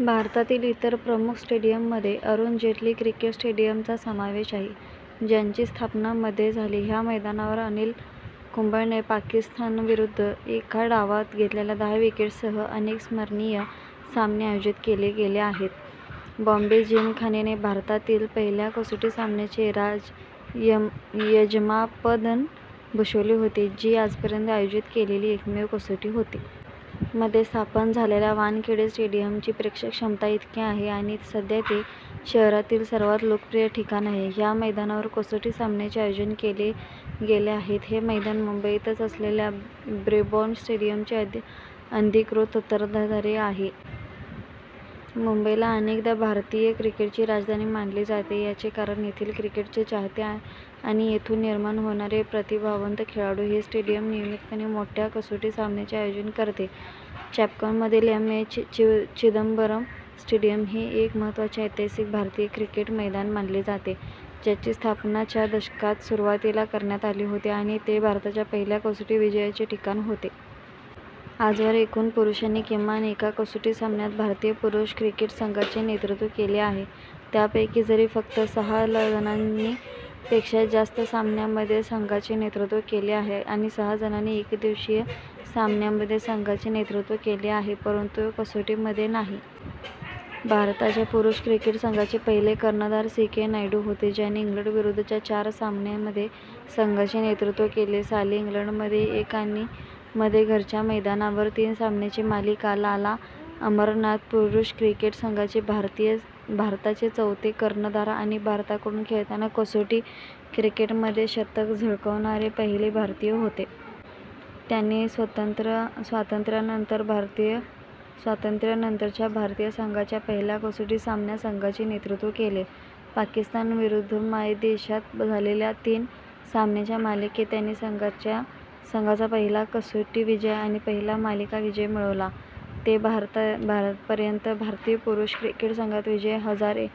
भारतातील इतर प्रमुख स्टेडियममध्ये अरुण जेटली क्रिकेट स्टेडियमचा समावेश आहे, ज्याची स्थापना मध्ये झाली. ह्या मैदानांवर अनिल कुंबळेने पाकिस्तानविरुद्ध एका डावात घेतलेल्या दहा विकेट्ससह अनेक संस्मरणीय सामने आयोजित केले गेले आहेत. बॉम्बे जिमखान्याने भारतातील पहिल्या कसोटी सामन्याचे यजमानपद भूषवले होते, जी आजपर्यंत आयोजित केलेली एकमेव कसोटी होती. मध्ये स्थापन झालेल्या वानखेडे स्टेडियमची प्रेक्षक क्षमता इतकी आहे आणि सध्या ते शहरातील सर्वात लोकप्रिय ठिकाण आहे. ह्या मैदानावर कसोटी सामन्यांचे आयोजन केले गेले आहेत. हे मैदान मुंबई तच असलेल्या ब्रेबॉर्न स्टेडियमचे अनधिकृत उत्तराधिकारी आहे. मुंबईला अनेकदा भारतीय क्रिकेटची राजधानी मानली जाते याचे कारण येथील क्रिकेटचे चाहते आणि येथून निर्माण होणारे प्रतिभावंत खेळाडू. हे स्टेडियम नियमितपणे मोठ्या कसोटी सामन्यांचे आयोजन करते. चेपॉकमधील एम. ए. चिदंबरम स्टेडियम हे एक महत्त्वाचे ऐतिहासिक भारतीय क्रिकेट मैदान मानले जाते, ज्याची स्थापना च्या दशकाच्या सुरुवातीला करण्यात आली होती आणि ते भारताच्या पहिल्या कसोटी विजयाचे ठिकाण होते.। आजवर एकूण पुरुषांनी किमान एका कसोटी सामन्यात भारतीय पुरुष क्रिकेट संघाचे नेतृत्व केले आहे. त्यापैकी जरी फक्त सहा जणांनी पेक्षा जास्त सामन्यांमध्ये संघाचे नेतृत्व केले आहे आणि सहा जणांनी एकदिवसीय सामन्यांमध्ये संघाचे नेतृत्व केले आहे परंतु कसोटीमध्ये नाही. भारताच्या पुरुष क्रिकेट संघाचे पहिले कर्णधार सी. के. नायडू होते, ज्यांनी इंग्लंडविरुद्धच्या चार सामन्यांमध्ये संघाचे नेतृत्व केले; साली इंग्लंडमध्ये एक आणि - मध्ये घरच्या मैदानावर तीन सामन्यांची मालिका. लाला अमरनाथ, पुरुष क्रिकेट संघाचे भारताचे चौथे कर्णधार आणि भारताकडून खेळताना कसोटी क्रिकेटमध्ये शतक झळकावणारे पहिले भारतीय होते. त्यांनी स्वतंत्र्यानंतरच्या भारतीय संघाच्या पहिल्या कसोटी सामन्यात संघाचे नेतृत्व केले. - मध्ये पाकिस्तान विरुद्ध मायदेशात झालेल्या तीन सामन्यांच्या मालिकेत त्यांनी संघाचा पहिला कसोटी विजय आणि पहिला मालिका विजय मिळवला. ते - पर्यंत, भारतीय पुरुष क्रिकेट संघात विजय हजारे,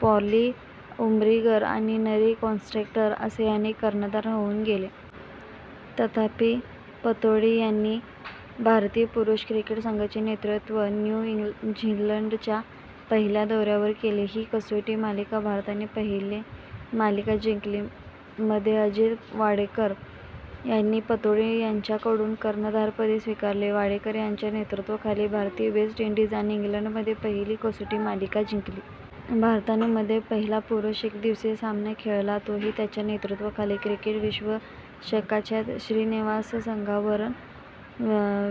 पॉली उम्रीगर आणि नरी कॉन्ट्रॅक्टर असे अनेक कर्णधार होऊन गेले. तथापि, - मध्ये, पतौडी यांनी भारतीय पुरुष क्रिकेट संघाचे नेतृत्व न्यू झीलंडच्या पहिल्या दौऱ्यावर केले. ही कसोटी मालिका भारताने मालिका - ने जिंकली. - मध्ये अजित वाडेकर यांनी पतौडी यांच्याकडून कर्णधारपद स्वीकारले. वाडेकर यांच्या नेतृत्वाखाली भारताने वेस्ट इंडीज आणि इंग्लंडमध्ये पहिली कसोटी मालिका जिंकली. भारताने मध्ये पहिला पुरुष एकदिवसीय सामना खेळला, तोही त्यांच्या नेतृत्वाखाली. क्रिकेट विश्वचषकात श्रीनिवासराघवन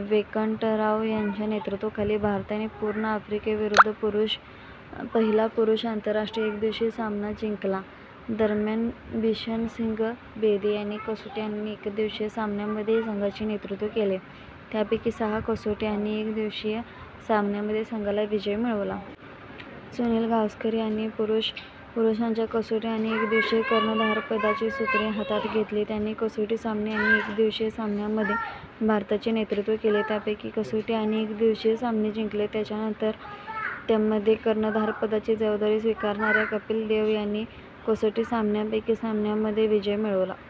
वेंकटराघवन यांच्या नेतृत्वाखाली भारताने पूर्व आफ्रिकेविरुद्ध पहिला पुरुष आंतरराष्ट्रीय एकदिवसीय सामना जिंकला. - आणि - दरम्यान, बिशन सिंग बेदी यांनी कसोटी आणि एकदिवसीय सामन्यांमध्ये संघाचे नेतृत्व केले, त्यापैकी सहा कसोटी आणि एक एकदिवसीय सामन्यामध्ये संघाला विजय मिळाला. सुनील गावस्कर यांनी - मध्ये पुरुषांच्या कसोटी आणि एकदिवसीय कर्णधारपदाची सूत्रे हातात घेतली. त्यांनी कसोटी सामने आणि एकदिवसीय सामन्यांमध्ये भारताचे नेतृत्व केले, त्यापैकी कसोटी आणि एकदिवसीय सामने जिंकले. त्यांच्यानंतर मध्ये कर्णधारपदाची जबाबदारी स्वीकारणाऱ्या कपिल देव यांनी कसोटी सामन्यांपैकी सामन्यांमध्ये विजय मिळवला.